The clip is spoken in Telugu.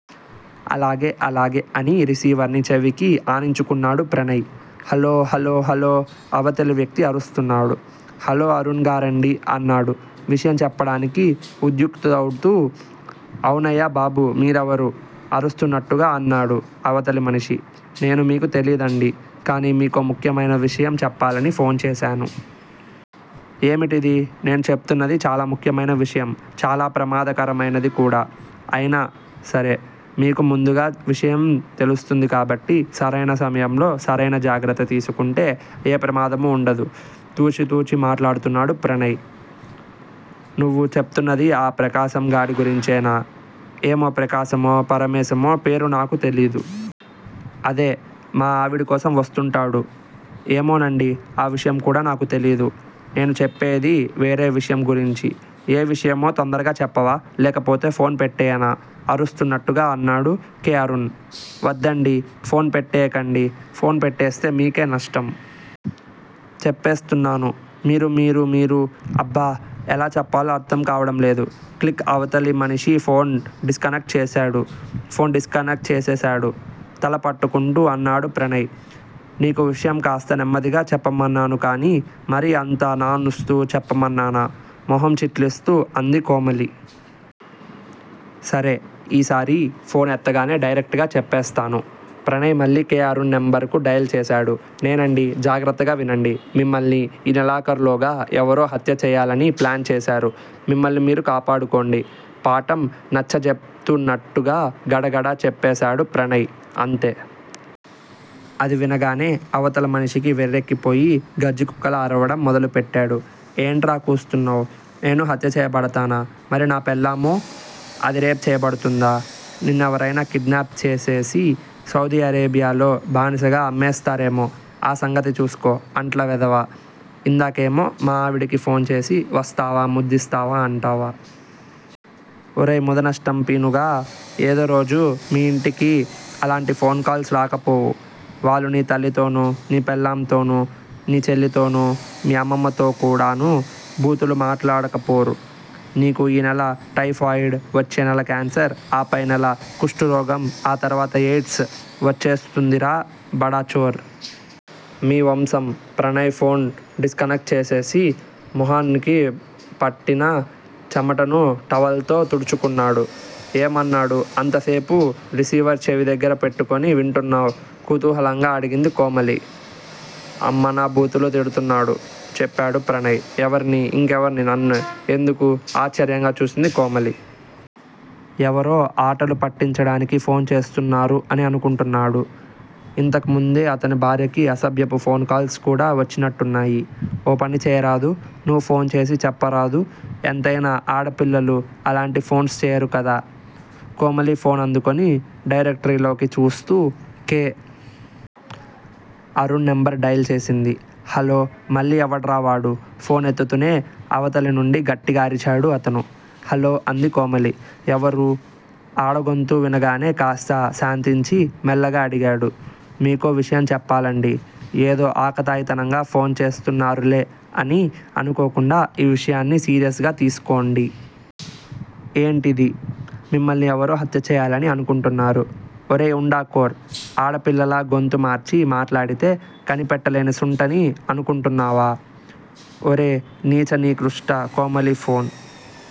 అలాగే అలాగే అని రిసీవర్ ని చెవికి ఆనించుకున్నాడు ప్రణయ్. హలో హలో హలో అవతలి వ్యక్తి అరుస్తున్నాడు. హలో అరుణ్ గారాండీ అన్నాడు విషయం చెప్పడానికి ఉద్యుక్తుడవుతూ. అవునయ్యా బాబూ! మీరెవరు? అరుస్తున్నట్టుగా అన్నాడు అవతలి మనిషి. నేను మీకు తెలియదండీ! కానీ మీకో ముఖ్యమైన విషయం చెప్పాలని ఫోన్ చేశాను. ఏమిటది? నేను చెప్తున్నది చాలా ముఖ్యమైన విషయం! చాలా ప్రమాదకరమైంది కూడా. అయినాసరే మీకు ముందుగా విషయం తెలుస్తుంది కాబట్టి సరైన సమయంలో సరైన జాగ్రత్త తీసుకుంటే ఏ ప్రమాదమూ వుండదు తూచి తూచి మాట్లాడుతున్నాడు ప్రణయ్. నువ్వు చెప్తున్నది ఆ ప్రకాశంగాడి గురించేనా? ఏమో ప్రకాశమో, పరమేశమో పేరు నాకు తెలీదు. అదే! మా ఆవిడకోసం వస్తుంటాడూ? ఏమోనండీ! ఆ విషయం కూడా నాకు తెలీదు. నేను చెప్పేది వేరే విషయం గురించి. ఏ విషయమో త్వరగా చెప్తావా, లేకపోతే ఫోన్ పెట్టెయ్యనా? అరుస్తున్నట్టుగా అన్నాడు కె. అరుణ్. వద్దండి! ఫోన్ పెట్టెయ్యకండి. ఫోన్ పెట్టేస్తే మీకే నష్టం. చెప్పేస్తున్నాను మీరు మీరు మీరు అబ్బ ఎలా చెప్పాలో అర్ధం కావడంలేదండీ. క్లిక్ అవతలి మనిషి ఫోన్ డిస్కనెక్ట్ చేశాడు ఫోన్ డిస్కనెక్ట్ చేసేశాడు తల పట్టుకుంటూ అన్నాడు ప్రణయ్. నీకు విషయం కాస్త నెమ్మదిగా చెప్పమన్నాగానీ మరీ అంత నానుస్తూ చెప్పమన్నానా? మొహం చిట్లిస్తూ అంది కోమలి. సరే! ఈసారి ఫోన్ ఎత్తగానే డైరెక్ట్ గా చెప్పేస్తాను. ప్రణయ్ మళ్ళీ కె. అరుణ నెంబరు డయల్ చేశాడు. నేనేనండీ! జాగ్రత్తగా వినండి. మిమ్మల్ని ఈ నెలాఖరులోగా ఎవరో హత్యచేయాలని ప్లాన్ చేశారు. మిమ్మల్ని మీరు కాపాడుకోండి! పాఠం నచ్చజెప్తున్నట్టు గడగడా చెప్పేశాడు ప్రణయ్. అంతే! అది వినగానే అవతల మనిషికి వెర్రెక్కిపోయి గజ్జికుక్కలా అరవడం మొదలుపెట్టాడు. ఏంట్రా కూస్తున్నావ్? నేను హత్యచెయ్యబడతానా? మరి నా పెళ్ళామో! అది రేప్ చెయ్యబడ్తుందా? నిన్నెవరైనా కిడ్నాప్ చేసేసి సౌదీ అరేబియాలో బానిసగా అమ్మేస్తారేమో ఆ సంగతి చూస్కో. అంట్ల వెధవా! ఇందాకేమో మా ఆవిడకి ఫోన్ చేసి వస్తావా ముద్దిస్తావా అంటావా? ఒరేయ్ ముదనష్టం పీనుగా! ఏదో రోజు మీ ఇంటికీ అలాంటి ఫోన్ కాల్స్ రాకపోవు. వాళ్ళు నీ తల్లితోనూ, నీ పెళ్ళాంతోనూ, నీ చెల్లెలితోనూ, మీ అమ్మమ్మతో కూడానూ బూతులు మాట్లాడకపోరు. నీకు ఈ నెల టైఫాయిడ్, వచ్చేనెల కాన్సర్, ఆపై నెల కుష్టురోగం ఆ తర్వాత ఎయిడ్స్ వచ్చేస్తుందిరా బడా చోర్. మీ వంశం ప్రణయ్ ఫోన్ డిస్కనెక్ట్ చేసేసి మొహానికి పట్టిన చెమటని టవల్ తో తుడుచుకున్నాడు. ఏమన్నాడు అంతసేపు రిసీవర్ చెవిదగ్గర పెట్టుకుని వింటున్నావ్? కుతూహలంగా అడిగింది కోమలి. అమ్మనా బూతులు తిడ్తున్నాడు చెప్పాడు ప్రణయ్. ఎవర్ని? ఇంకెవర్ని నన్నే. ఎందుకూ? ఆశ్చర్యంగా చూసింది కోమలి. ఎవరో ఆటలు పట్టించడానికి ఫోన్ చేస్తున్నారు అని అనుకుంటున్నాడు. ఇంతకుముందే అతని భార్యకి అసభ్యపు ఫోన్ కాల్స్ కూడా వచ్చినట్టున్నాయి. ఓ పని చెయ్యరాదూ? నువ్వు ఫోన్ చేసి చెప్పరాదూ? ఎంతైనా ఆడపిల్లలు అలాంటి ఫోన్స్ చెయ్యరుకదా? కోమలి ఫోన్ అందుకుని డైరెక్టరీలోకి చూస్తూ కె. అరుణ్ నెంబర్ డయల్ చేసింది. హలో! మళ్ళీ ఎవడ్రావాడూ? ఫోన్ ఎత్తుతూనే అవతలినుండి గట్టిగా అరిచాడు అతను. హలో! అంది కోమలి. ఎవరూ? ఆడగొంతు వినగానే కాస్త శాంతించి మెల్లగా అడిగాడు. మీకో విషయం చెప్పాలండీ! ఏదో ఆకతాయితనంగా ఫోన్ చేస్తున్నారులే అని అనుకోకుండా ఈ విషయాన్ని సీరియస్ గా తీస్కోండి. ఏంటిది? మిమ్మల్ని ఎవరో హత్యచెయ్యాలని అనుకుంటున్నారు. ఒరేయ్ వుండాకోర్! ఆడపిల్లలా గొంతు మార్చి మాట్లాడితే కనిపెట్టలేని శుంఠనని అనుకుంటున్నావా? ఒరే నీచ నికృష్ట కోమలి ఫోన్